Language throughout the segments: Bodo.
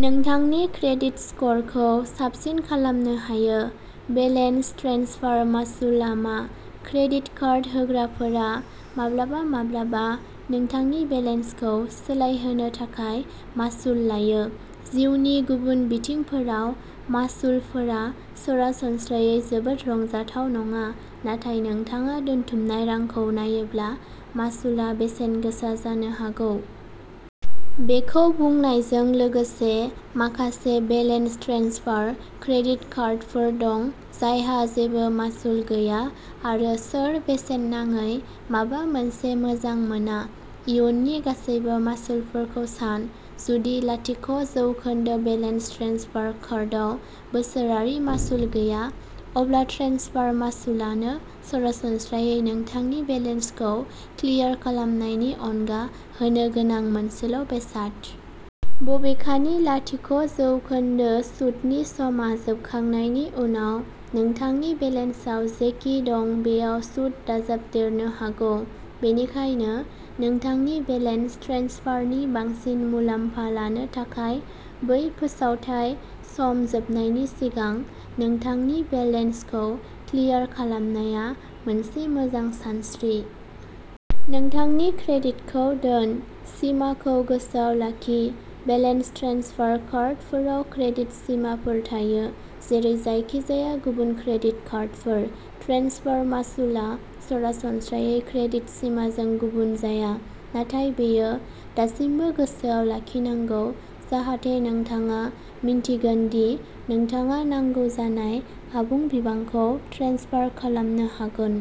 नोंथांनि क्रेडिट स्करखौ साबसिन खालामनो हायो। बेलेन्स ट्रेन्सफार मासुलआ मा? क्रेडिट कार्ड होग्राफोरा माब्लाबा-माब्लाबा नोंथांनि बेलेन्सखौ सोलायहोनो थाखाय मासुल लायो। जिउनि गुबुन बिथिंफोराव मासुलफोरा सरासनस्रायै जोबोद रंजाथाव नङा। नाथाय नोंथाङा दोनथुमनाय रांखौ नायोब्ला, मासुलआ बेसेनगोसा जानो हागौ। बेखौ बुंनायजों लोगोसे, माखासे बेलेन्स ट्रेन्सफार क्रेडिट कार्डफोर दं जायहा जेबो मासुल गैया आरो सोर बेसेन नाङै माबा मोनसे मोजां मोना? इयुननि गासैबो मासुलफोरखौ सान। जुदि लाथिक' जौखोन्दो बेलेन्स ट्रेन्सफार कार्डआव बोसोरारि मासुल गैया, अब्ला ट्रेन्सफार मासुलानो सरासनस्रायै नोंथांनि बेलेन्सखौ क्लियार खालामनायनि अनगा होनो गोनां मोनसेल' बेसाद। बबेखानि, लाथिक' जौखोन्दो सुतनि समआ जोबखांनायनि उनाव, नोंथांनि बेलेन्सआव जेखि दं बेयाव सुद दाजाबदेरनो हागौ। बेनिखायनो नोंथांनि बेलेन्स ट्रेन्सफारनि बांसिन मुलाम्फा लानो थाखाय, बै फोसावथाय सम जोबनायनि सिगां नोंथांनि बेलेन्सखौ क्लियार खालामनाया मोनसे मोजां सानस्रि। नोंथांनि क्रेडिटखौ दोन। सिमाखौ गोसोआव लाखि। बेलेन्स ट्रेन्सफार कार्डफोराव क्रेडिट सिमाफोर थायो जेरै जायखिजाया गुबुन क्रेडिट कार्डफोर। ट्रेन्सफार मासुलआ सरासनस्रायै क्रेडिट सिमाजों गुबुन जाया, नाथाय बेयो दासिमबो गोसोआव लाखिनांगौ जाहाथे नोंथाङा मिन्थिगोन दि नोंथाङा नांगौ जानाय आबुं बिबांखौ ट्रेन्सफार खालामनो हागोन।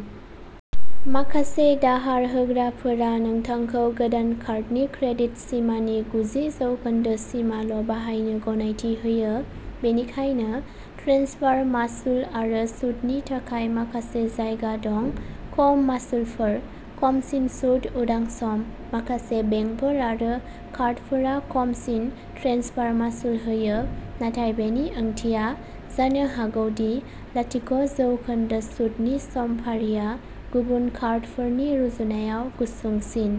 माखासे दाहार होग्राफोरा नोंथांखौ गोदान कार्डनि क्रेडिट सिमानि गुजि जौखोन्दो सिमाल' बाहायनो गनायथि होयो, बेनिखायनो ट्रेन्सफार मासुल आरो सुतनि थाखाय माखासे जायगा दं। खम मासुलफोर। खमसिन सुत उदां सम। माखासे बेंकफोर आरो कार्डफोरा खमसिन ट्रेन्सफार मासुल होयो नाथाय बेनि ओंथिया जानो हागौ दि लाथिक' जौखोन्दो सुतनि समफारिआ गुबुन कार्डफोरनि रुजुनायाव गुसुंसिन।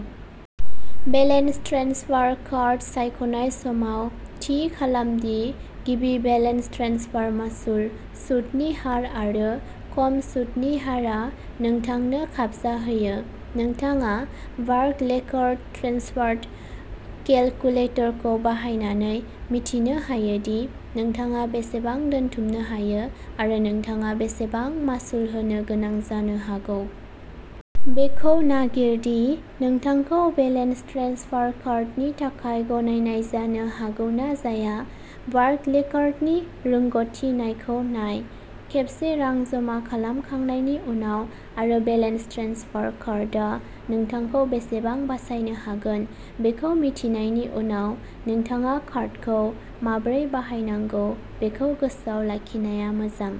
बेलेन्स ट्रेन्सफार कार्ड सायख'नाय समाव, थि खालाम दि गिबि बेलेन्स ट्रेन्सफार मासुल, सुतनि हार आरो खम सुतनि हारआ नोंथांनो खाबजाहोयो। नोंथाङा बार्कलेकार्ड ट्रेन्सफार केलकुलेटरखौ बाहायनानै मिथिनो हायो दि नोंथाङा बेसेबां दोनथुमनो हायो आरो नोंथाङा बेसेबां मासुल होनो गोनां जानो हागौ। बेखौ नागिर दि नोंथांखौ बेलेन्स ट्रेन्सफार कार्डनि थाखाय गनायनाय जानो हागौ ना जाया, बार्कलेकार्डनि रोंग'थि नायखौ नाय। खेबसे रां जमा खालामखांनायनि उनाव आरो बेलेन्स ट्रेन्सफार कार्डआ नोंथांखौ बेसेबां बासायनो हागोन बेखौ मिथिनायनि उनाव, नोंथाङा कार्डखौ माबोरै बाहायनांगौ बेखौ गोसोआव लाखिनाया मोजां।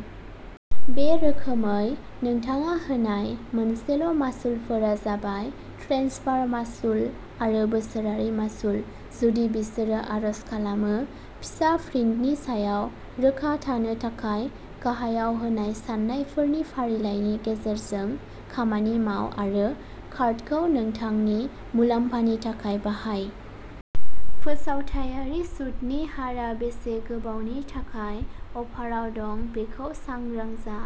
बे रोखोमै, नोंथाङा होनाय मोनसेल' मासुलफोरा जाबाय ट्रेन्सफार मासुल आरो बोसोरारि मासुल, जुदि बिसोरो आर'ज खालामो। फिसा प्रिन्टनि सायाव रोखा थानो थाखाय गाहायाव होनाय सान्नायफोरनि फारिलाइनि गेजेरजों खामानि माव आरो कार्डखौ नोंथांनि मुलाम्फानि थाखाय बाहाय। फोसावथायारि सुतनि हारआ बेसे गोबावनि थाखाय अफाराव दं बेखौ सांग्रां जा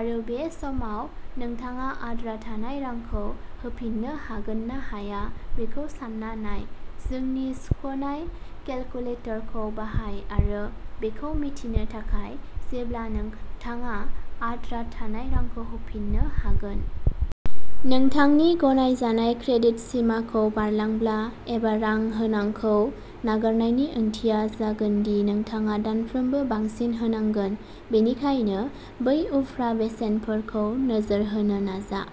आरो बे समाव नोंथाङा आद्रा थानाय रांखौ होफिननो हागोन ना हाया बेखौ सान्ना नाय। जोंनि सुख'नाय केलकुलेटरखौ बाहाय आरो बेखौ मिथिनो थाखाय जेब्ला नोंथाङा आद्रा थानाय रांखौ होफिननो हागोन। नोंथांनि गनायजानाय क्रेडिट सिमाखौ बारलांब्ला एबा रां होनांखौ नागारनायनि ओंथिया जागोन दि नोंथाङा दानफ्रोमबो बांसिन होनांगोन, बेनिखायनो बै उफ्रा बेसेनफोरखौ नोजोर होनो नाजा।